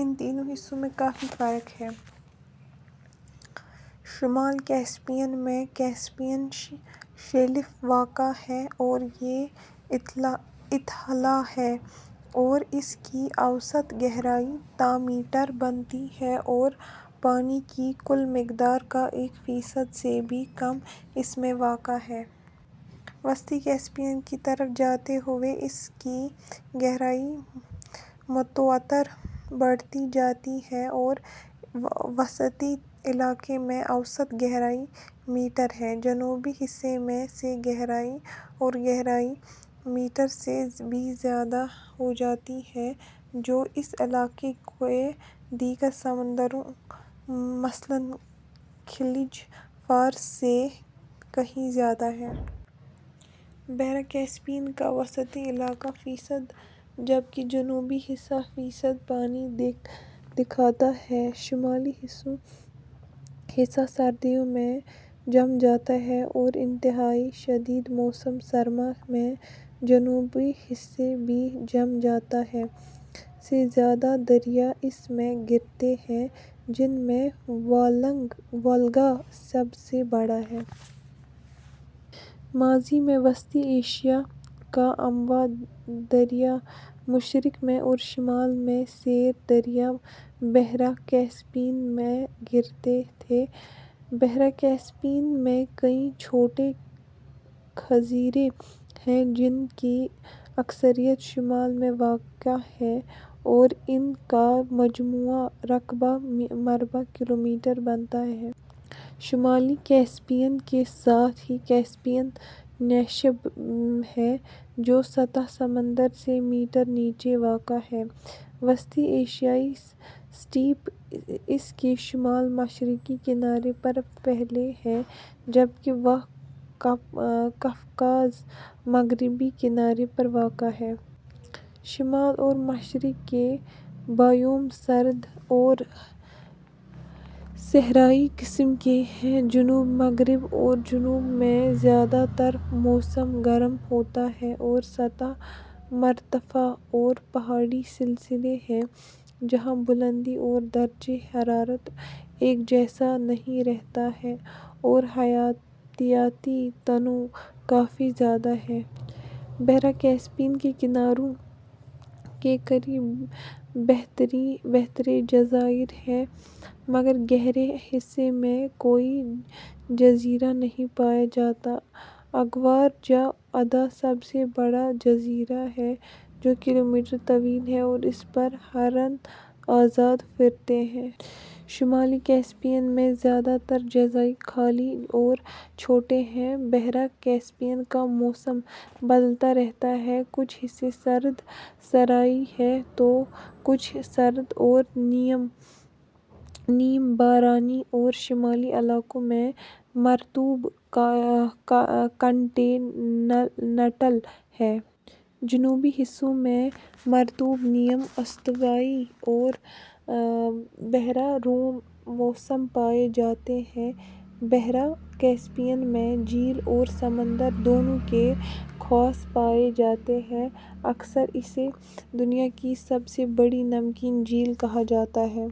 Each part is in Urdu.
ان تینوں حصوں میں کافی فرق ہے۔ شمالی کیسپیئن میں کیسپیئن شیلف واقع ہے اور یہ اتھلا ہے اور اس کی اوسط گہرائی تا میٹر بنتی ہے اور پانی کی کل مقدار کا ایک فیصد سے بھی کم اس میں واقع ہے۔ وسطی کیسپیئن کی طرف جاتے ہوئے اس کی گہرائی متواتر بڑھتی جاتی ہے اور وسطی علاقے میں اوسط گہرائی میٹر ہے۔ جنوبی حصہ سب سے گہرا ہے اور گہرائی ، میٹر سے بھی زیادہ ہو جاتی ہے جو اس علاقے کے دیگر سمندروں مثلاً خلیج فارس سے کہیں زیادہ ہے۔ بحیرہ کیسپیئن کا وسطی علاقہ فیصد جبکہ جنوبی حصہ فیصد پانی رکھتا ہے۔ شمالی حصہ سردیوں میں جم جاتا ہے اور انتہائی شدید موسم سرما میں جنوبی حصہ بھی جم جاتا ہے۔ سے زیادہ دریا اس میں گرتے ہیں جن میں وولگا سب سے بڑا ہے۔ ماضی میں وسطی ایشیا کا آمو دریا مشرق میں اور شمال میں سیر دریا بحیرہ کیسپیئن میں گرتے تھے۔ بحیرہ کیسپیئن میں کئی چھوٹے جزیرے ہیں جن کی اکثریت شمال میں واقع ہے اور ان کا مجموعی رقبہ ، مربع کلومیٹر بنتا ہے۔ شمالی کیسپیئن کے ساتھ ہی کیسپیئن نشیب ہے جو سطح سمندر سے میٹر نیچے واقع ہے۔ وسطی ایشیائی سٹیپ اس کے شمال مشرقی کنارے پر پھیلے ہیں جبکہ کوہ قفقاز مغربی کنارے پر واقع ہے۔ شمال اور مشرق کے بائیوم سرد اور صحرائی قسم کے ہیں۔ جنوب مغرب اور جنوب میں زیادہ تر موسم گرم ہوتا ہے اور سطح مرتفع اور پہاڑی سلسلے ہیں جہاں بلندی اور درجہ حرارت ایک جیسا نہیں رہتا اور حیاتیاتی تنوع کافی زیادہ ہے۔ بحیرہ کیسیپیئن کے کناروں کے قریب بہتیرے جزائر ہیں مگر گہرے حصے میں کوئی جزیرہ نہیں پایا جاتا۔ اگورجا ادا سب سے بڑا جزیرہ ہے جو کلومیٹر طویل ہے اور اس پر ہرن آزاد پھرتے ہیں۔ شمالی کیسیپئن میں زیادہ تر جزائر خالی اور چھوٹے ہیں۔ بحیرہ کیسپیئن کا موسم بدلتا رہتا ہے۔ کچھ حصے سرد صحرائی ہیں تو کچھ سرد اور نیم بارانی اور شمالی علاقوں میں مرطوب کانٹیننٹل ہے۔ جنوبی حصوں میں مرطوب نیم استوائی اور بحیرہ روم موسم پائے جاتے ہیں۔ بحیرہ کیسپیئن میں جھیل اور سمندر، دونوں کے خواص پائے جاتے ہیں۔ اکثر اسے دنیا کی سب سے بڑی نمکین جھیل کہا جاتا ہے۔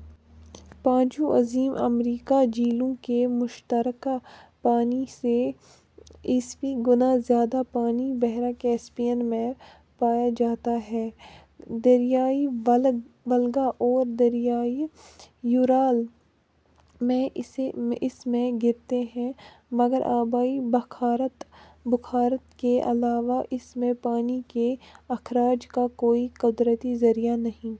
پانچوں عظیم امریکی جھیلوں کے مشترکہ پانی سے ء گنا زیادہ پانی بحیرہ کیسپیئن میں پایا جاتا ہے۔ دریائے وولگا اور دریائے یورال اس میں گرتے ہیں مگر آبی بخارات کے علاوہ اس سے پانی کے اخراج کا کوئی قدرتی ذریعہ نہیں۔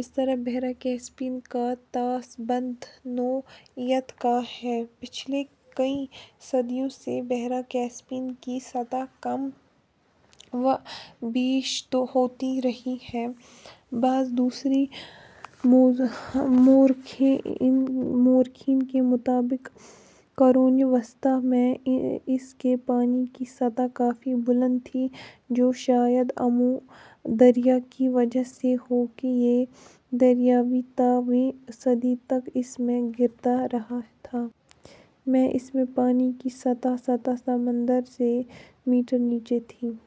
اس طرح بحیرہ کیسپیئن کا طاس بند نوعیت کا ہے۔ پچھلی کئی صدیوں سے بحیرہ کیسپیئن کی سطح کم و بیش ہوتی رہی ہے۔ بعض روسی مؤرخین کے مطابق قرونِ وسطیٰ میں اس کے پانی کی سطح کافی بلند تھی جو شاید آمو دریا کی وجہ سے ہو کہ یہ دریا ویں تا ویں صدی تک اس میں گرتا رہا تھا۔ میں اس میں پانی کی سطح سطح سمندر سے میٹر نیچے تھی۔